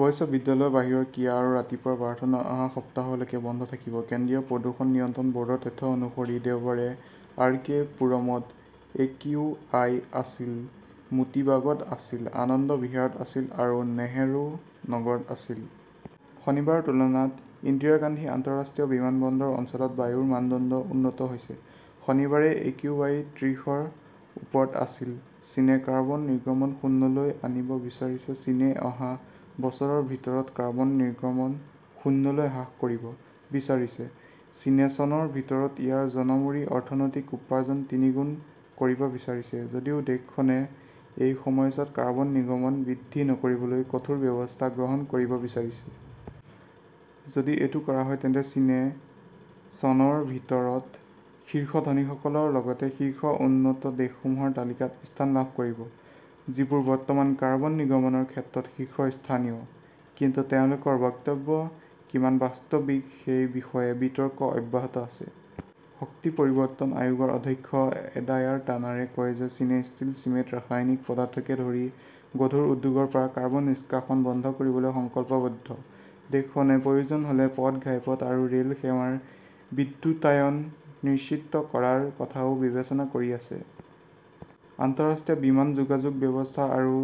অৱশ্যে বিদ্যালয়ৰ বাহিৰৰ ক্ৰীড়া আৰু ৰাতিপুৱাৰ প্ৰাৰ্থনা অহা সপ্তাহলৈকে বন্ধ থাকিব। কেন্দ্ৰীয় প্ৰদূষণ নিয়ন্ত্ৰণ বৰ্ডৰ তথ্য অনুসৰি, দেওবাৰে আৰ. কে. পুৰমত একিউ. আই. আছিল, মোটিবাগত আছিল, আনন্দ বিহাৰত আছিল আৰু নেহৰু নগৰত আছিল। শনিবাৰৰ তুলনাত ইন্দিৰা গান্ধী আন্তঃৰাষ্ট্ৰীয় বিমানবন্দৰ অঞ্চলত বায়ুৰ মানদণ্ড উন্নত হৈছে। শনিবাৰে একিউআই ত্ৰিশৰ ওপৰত আছিল। চীনে কাৰ্বন নিৰ্গমন শূন্যলৈ আনিব বিচাৰিছে চীনে অহা বছৰৰ ভিতৰত কাৰ্বন নিৰ্গমন শূন্যলৈ হ্ৰাস কৰিব বিচাৰিছে। চীনে চনৰ ভিতৰত ইয়াৰ জনমূৰি অৰ্থনৈতিক উপাৰ্জন তিনিগুণ কৰিব বিচাৰিছে যদিও দেশখনে এই সময়ছোৱাত কাৰ্বন নিৰ্গমন বৃদ্ধি নকৰিবলৈ কঠোৰ ব্যৱস্থা গ্ৰহণ কৰিব বিচাৰিছে। যদি এইটো কৰা হয়, তেন্তে চীনে চনৰ ভিতৰত শীৰ্ষ ধনীসকলৰ লগতে শীৰ্ষ উন্নত দেশসমূহৰ তালিকাত স্থান লাভ কৰিব, যিবোৰ বৰ্তমান কাৰ্বন নিৰ্গমনৰ ক্ষেত্ৰত শীৰ্ষস্থানীয়। কিন্তু তেওঁলোকৰ বক্তব্য কিমান বাস্তৱিক সেই বিষয়ে বিতৰ্ক অব্যাহত আছে। শক্তি পৰিৱৰ্তন আয়োগৰ অধ্যক্ষ এডায়াৰ টাৰ্নাৰে কয় যে চীনে ষ্টীল, চিমেণ্ট, ৰাসায়নিক পদাৰ্থকে ধৰি গধুৰ উদ্যোগৰ পৰা কাৰ্বন নিষ্কাশন বন্ধ কৰিবলৈ সংকল্পবদ্ধ। দেশখনে প্ৰয়োজন হ'লে পথ, ঘাইপথ আৰু ৰে'ল সেৱাৰ বিদ্যুতায়ন নিশ্চিত কৰাৰ কথাও বিবেচনা কৰি আছে। আন্তঃৰাষ্ট্ৰীয় বিমান যোগাযোগ ব্যৱস্থা আৰু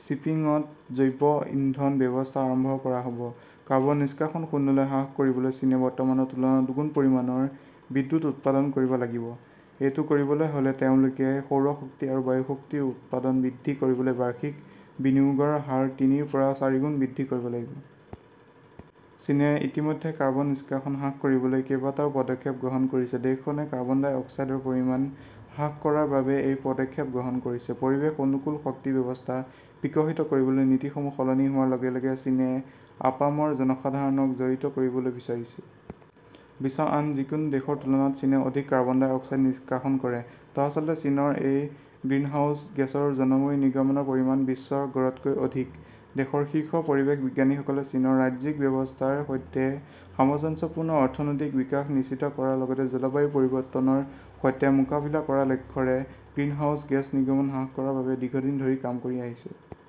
শ্বিপিংত জৈৱ ইন্ধন ব্যৱস্থা আৰম্ভ কৰা হ'ব। কাৰ্বন নিষ্কাশন শূন্যলৈ হ্ৰাস কৰিবলৈ চীনে বৰ্তমানৰ তুলনাত দুগুণ পৰিমাণৰ বিদ্যুৎ উৎপাদন কৰিব লাগিব। এইটো কৰিবলৈ হ'লে তেওঁলোকে সৌৰ শক্তি আৰু বায়ু শক্তি উৎপাদন বৃদ্ধি কৰিবলৈ বাৰ্ষিক বিনিয়োগৰ হাৰ তিনিৰ পৰা চাৰিগুণ বৃদ্ধি কৰিব লাগিব। চীনে ইতিমধ্যে কাৰ্বন নিষ্কাশন হ্ৰাস কৰিবলৈ কেইবাটাও পদক্ষেপ গ্ৰহণ কৰিছে। দেশখনে কাৰ্বন ডাই অক্সাইডৰ পৰিমাণ হ্ৰাস কৰাৰ বাবে এই পদক্ষেপ গ্ৰহণ কৰিছে। পৰিৱেশ-অনুকূল শক্তি ব্যৱস্থা বিকশিত কৰিবলৈ নীতিসমূহ সলনি হোৱাৰ লগে লগে চীনে আপামৰ জনসাধাৰণক জড়িত কৰিবলৈ বিচাৰিছে। বিশ্বৰ আন যিকোনো দেশৰ তুলনাত চীনে অধিক কাৰ্বন ডাই অক্সাইড নিষ্কাশন কৰে। দৰাচলতে, চীনত এই গ্ৰিনহাউজ গেছৰ জনমূৰি নিৰ্গমনৰ পৰিমাণও বিশ্বৰ গড়তকৈ অধিক। দেশৰ শীৰ্ষ পৰিৱেশ বিজ্ঞানীসকলে চীনৰ ৰাজ্যিক ব্যৱস্থাৰ সৈতে সামঞ্জস্যপূৰ্ণ অৰ্থনৈতিক বিকাশ নিশ্চিত কৰাৰ লগতে জলবায়ু পৰিৱৰ্তনৰ সৈতে মোকাবিলা কৰাৰ লক্ষ্যৰে গ্ৰিনহাউজ গেছ নিৰ্গমন হ্ৰাস কৰাৰ বাবে দীৰ্ঘদিন ধৰি কাম কৰি আহিছে।